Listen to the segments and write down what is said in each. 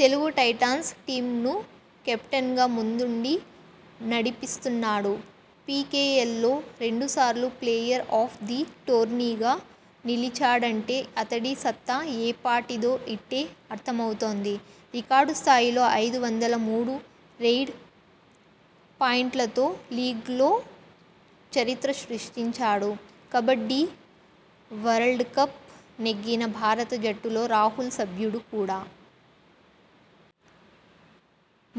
Telugu Titans టీమ్ను కెప్టెన్గా ముందుండి నడిపిస్తున్నాడు. పీకేఎల్లో రెండుసార్లు ప్లేయర్ ఆఫ్ ది టోర్నీగా నిలిచాడంటే అతడి సత్తా ఏపాటిదో ఇట్టే అర్థమ వుతోంది. రికార్డు స్థాయిలో ఐదు వందల మూడు రెయిడ్ పాయింట్లతో లీగ్లో చరిత్ర సృష్టించాడు. కబడ్డీ వరల్డ్కప్ నెగ్గిన భారత జట్టులో రాహుల్ సభ్యుడు కూడా.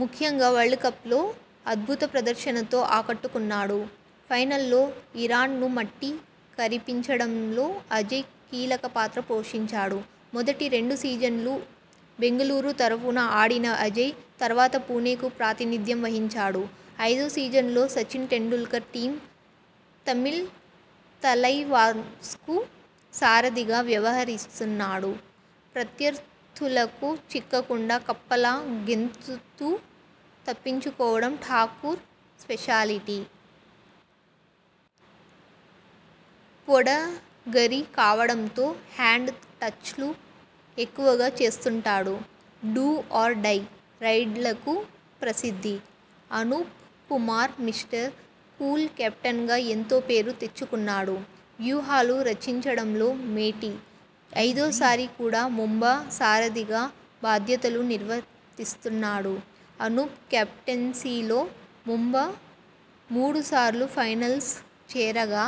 ముఖ్యంగా వరల్డ్కప్లో అద్భుత ప్రదర్శనతో ఆకట్టుకున్నాడు. ఫైనల్లో ఇరాన్ను మట్టి కరిపించడంలో అజయ్ కీలకపాత్ర పోషించాడు. మొదటి రెండు సీజన్లు బెంగళూరు తరఫున ఆడిన అజయ్.. తర్వాత పుణెకు ప్రాతినిధ్యం వహించాడు. ఐదో సీజన్లో సచిన్ టెండూల్కర్ టీమ్ తమిళ్ తలైవాస్కు సారథిగా వ్యవహరిస్తున్నాడు. ప్రత్యర్థులకు చిక్కకుండా కప్పలా గెంతుతూ తప్పించుకోవడం ఠాకూర్ స్పెషాలిటీ. పొడగరి కావడంతో హ్యాండ్ టచ్లు ఎక్కువగా చేస్తుంటాడు. డూ ఆర్ డై రైడ్లకు ప్రసిద్ధి. అనూప్ కుమార్ మిస్టర్ కూల్ కెప్టెన్గా ఎంతో పేరు తెచ్చుకున్నాడు. వ్యూహాలు రచించడంలో మేటి. ఐదోసారి కూడా ముంబా సారథిగా బాధ్యతలు నిర్వర్తిస్తున్నాడు. అనూప్ కెప్టెన్సీలో ముంబా మూడుసార్లు ఫైనల్స్ చేరగా..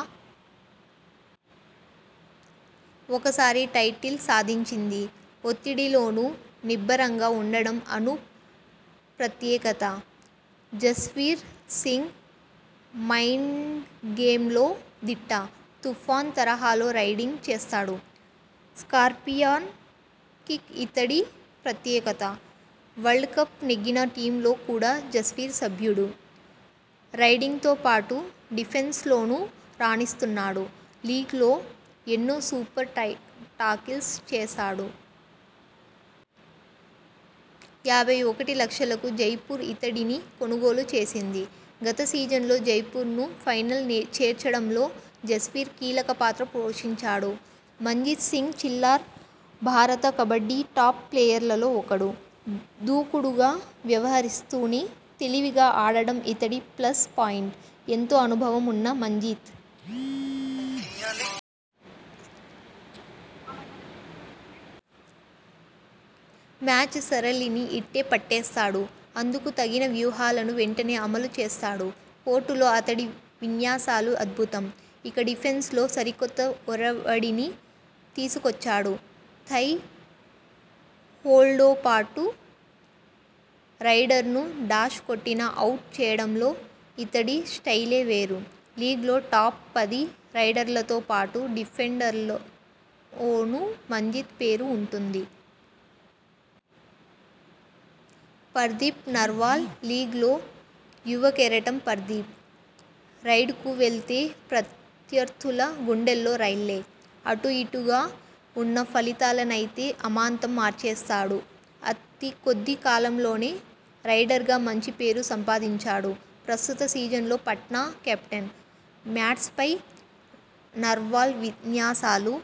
ఒకసారి టైటిల్ సాధించింది. ఒత్తిడిలోనూ నిబ్బరంగా ఉండడం అనూప్ ప్రత్యేకత. జస్వీర్ సింగ్ మైండ్గేమ్లో దిట్ట. తుఫాన్ తరహాలో రైడింగ్ చేస్తాడు. స్కార్పియాన్ కిక్ ఇతడి ప్రత్యేకత. వరల్డ్కప్ నెగ్గిన టీమ్లో కూడా జస్వీర్ సభ్యుడు. రైడింగ్తోపాటు డిఫెన్స్లోనూ రాణిస్తున్నాడు. లీగ్లో ఎన్నో సూపర్ టయి టాకిల్స్ చేశాడు. యాభై ఒకటి లక్షలకు జైపూర్ ఇతడిని కొనుగోలు చేసింది. గత సీజన్లో జైపూర్ను ఫైనల్ చేర్చడంలో జస్వీర్ కీలకపాత్ర పోషించాడు. మంజీత్ సింగ్ చిల్లార్ భారత కబడ్డీ టాప్ ప్లేయర్లలో ఒకడు. దూకుడుగా వ్యవహరిస్తూనే.. తెలివిగా ఆడడం ఇతడి ప్లస్ పాయింట్. ఎంతో అనుభవం ఉన్న మంజీత్.. మ్యాచ్ సరళిని ఇట్టే పట్టేస్తాడు. అందుకు తగిన వ్యూహాలను వెంటనే అమలు చేస్తాడు. కోర్టులో అతడి విన్యాసాలు అద్భుతం. ఇక డిఫెన్స్లో సరికొత్త ఒరవడిని తీసుకొచ్చాడు. థై హోల్డ పాటు రైడర్ను డాష్ కొట్టి అవుట్ చేయడంలో ఇతడి స్టైలే వేరు. లీగ్లో టాప్-పది రైడర్లతోపాటు డిఫెండర్లలోనూ మంజీత్ పేరు ఉంటుంది. పర్దీప్ నర్వాల్ లీగ్లో యువకెరటం పర్దీప్. రైడ్కు వెళ్తే ప్రత్యర్థుల గుండెల్లో రైళ్లే. అటుఇటూగా ఉన్న ఫలితాలనైతే అమాంతం మార్చేస్తాడు. అతి కొద్ది కాలంలోనే రైడర్గా మంచి పేరు సంపాదించాడు. ప్రస్తుత సీజన్లో పట్నా కెప్టెన్. మ్యాట్పై నర్వాల్ విన్యాసాలు